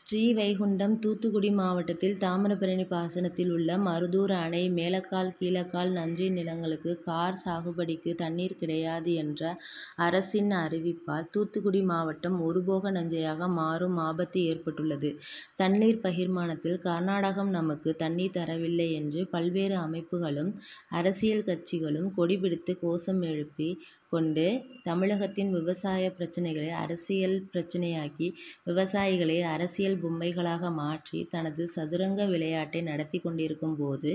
ஸ்ரீவைகுண்டம் தூத்துக்குடி மாவட்டத்தில் தாமிரபரணி பாசனத்தில் உள்ள மருதூர் அணை மேலக்கால் கீழக்கால் நஞ்சை நிலங்களுக்கு கார் சாகுபடிக்கு தண்ணீர் கிடையாது என்ற அரசின் அறிவிப்பால் தூத்துக்குடி மாவட்டம் ஒருபோக நஞ்சையாக மாறும் ஆபத்து ஏற்பட்டுள்ளது. தண்ணீர் பகிர்மானத்தில் கர்நாடகம் நமக்கு தண்ணீர் தரவில்லை என்று பல்வேறு அமைப்புகளும், அரசியல்கட்சிகளும் கொடி பிடித்து கோஷம் எழுப்பி கொண்டு தமிழகத்தின் விவசாய பிரச்னைகளை அரசியல் பிரச்னையாக்கி, விவசாயிகளை அரசியல் பொம்மைகளாக மாற்றி தனது சதுரங்க விளையாட்டை நடத்தி கொண்டிருக்கும் போது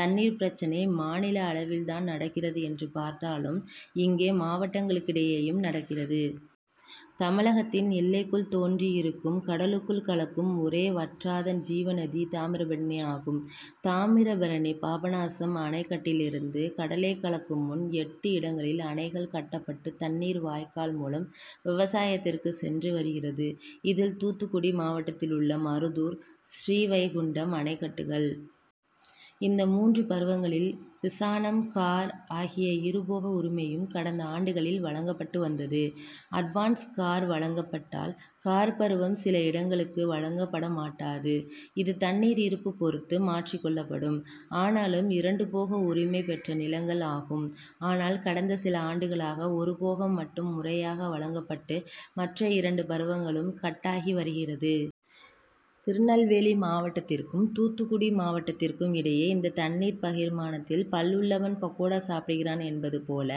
தண்ணீர் பிரச்னை மாநில அளவில்தான் நடக்கிறது என்று பார்த்தாலும் இங்கே மாவட்டங்களுக்கிடையேயும் நடக்கிறது. தமிழகத்தின் எல்லைக்குள் தோன்றி இருக்கும் கடலுக்குள் கலக்கும் ஒரே வற்றாத ஜீவநதி தாமிரபரணி ஆகும். தாமிரபரணி பாபநாசம் அணைக்கட்டிலிருந்து கடலை கலக்கும் முன் எட்டு இடங்களில் அணைகள் கட்டப்பட்டு தண்ணீர் வாய்க்கால் மூலம் விவசாயத்திற்கு சென்று வருகிறது. இதில் தூத்துக்குடி மாவட்டத்தில் உள்ளது மருதூர், ஸ்ரீவைகுண்டம் அணைக்கட்டுகள். இந்த மூன்று பருவங்களில் பிசானம், கார் ஆகிய இருபோக உரிமையும் கடந்த ஆண்டுகளில் வழங்கப்பட்டு வந்தது. அட்வான்ஸ் கார் வழங்கப்பட்டால் கார்பருவம் சில இடங்களுக்கு வழங்க படமாட்டாது. இது தண்ணீர் இருப்பு பொறுத்து மாற்றி கொள்ளப்படும். ஆனாலும் இரண்டுபோக உரிமை பெற்ற நிலங்கள் ஆகும். ஆனால் கடந்த சில ஆண்டுகளாக ஒரு போகம் மட்டும் முறையாக வழங்கப்பட்டு மற்ற இரண்டு பருவங்களும் கட்டாகி வருகிறது. திருநெல்வேலி மாவட்டத்திற்கும், தூத்துக்குடி மாவட்டத்திற்கும் இடையே இந்த தண்ணீர் பகிர்மானத்தில் பல் உள்ளவன் பக்கோடா சாப்பிடுகிறான் என்பது போல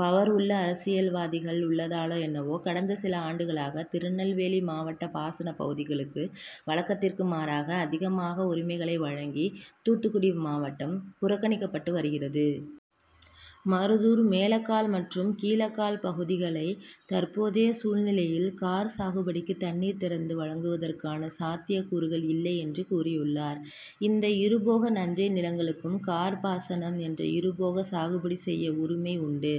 பவர் உள்ள அரசியல்வாதிகள் உள்ளதாலோ என்னவோ கடந்த சில ஆண்டுகளாக திருநெல்வேலி மாவட்ட பாசன பகுதிகளுக்கு வழக்கத்திற்கு மாறாக அதிகமாக உரிமைகளை வழங்கி தூத்துக்குடி மாவட்டம் புறக்கணிக்கப்பட்டு வருகிறது. மருதூர் மேலக்கால் மற்றும் கீழக்கால் பகுதிகளை தற்போதைய சூழ்நிலையில் கார் சாகுபடிக்கு தண்ணீர் திறந்து வழங்குவதற்கான சாத்திய கூறுகள் இல்லை என்று கூறியுள்ளார். இந்த இருபோக நஞ்சை நிலங்களுக்கும் கார் பாசனம் என்ற இருபோக சாகுபடி செய்ய உரிமை உண்டு.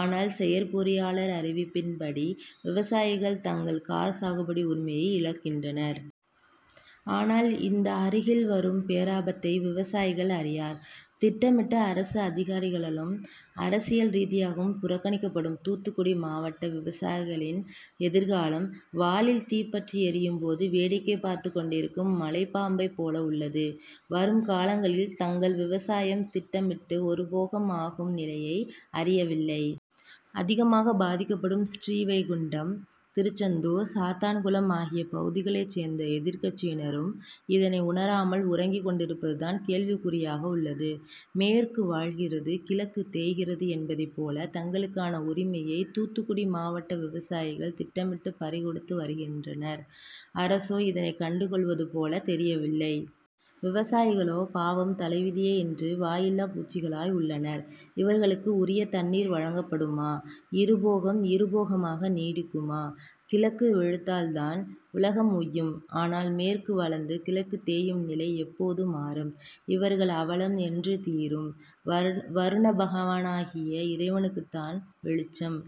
ஆனால் செயற் பொறியாளர் அறிவிப்பின்படி விவசாயிகள் தங்கள் கார்சாகுபடி உரிமையை இழக்கின்றனர். ஆனால் இந்த அருகில் வரும் பேராபத்தை விவசாயிகள் அறியார். திட்டமிட்டு அரசு அதிகாரிகளாலும், அரசியல் ரீதியாகவும் புறக்கணிக்கப்படும் தூத்துக்குடி மாவட்ட விவசாயிகளின் எதிர்காலம் வாலில் தீப்பற்றி எரியும் போது வேடிக்கை பார்த்துக் கொண்டிருக்கும் மலைப்பாம்பை போல உள்ளது. வரும் காலங்களில் தங்கள் விவசாயம் திட்டமிட்டு ஒருபோகம் ஆகும் நிலையை அறியவில்லை. அதிகமாக பாதிக்கப்படும் ஸ்ரீவைகுண்டம், திருச்செந்தூர், சாத்தான்குளம் ஆகிய பகுதிகளைச் சேர்ந்த எதிர்கட்சியினரும் இதனை உணராமல் உறங்கிக் கொண்டிருப்பதுதான் கேள்விக் குறியாக உள்ளது. மேற்கு வாழ்கிறது, கிழக்கு தேய்கிறது என்பதை போல தங்களுக்கான உரிமையை தூத்துக்குடி மாவட்ட விவசாயிகள் திட்டமிட்டு பறிகொடுத்து வருகின்றனர். அரசோ இதனைக் கண்டு கொள்வது போல தெரியவில்லை. விவசாயிகளோ பாவம் தலைவிதியே என்று வாயில்லா பூச்சிகளாய் உள்ளனர். இவர்களுக்கு உரிய தண்ணீர் வழங்கப்படுமா? இருபோகம் இருபோகமாக நீடிக்குமா? கிழக்கு வெளுத்தால்தான் உலகம் உய்யும். ஆனால் மேற்கு வளர்ந்து கிழக்கு தேயும் நிலை எப்போது மாறும். இவர்கள் அவலம் என்று தீரும். வருண வருணபகவானாகிய இறைவனுக்குதான் வெளிச்சம்.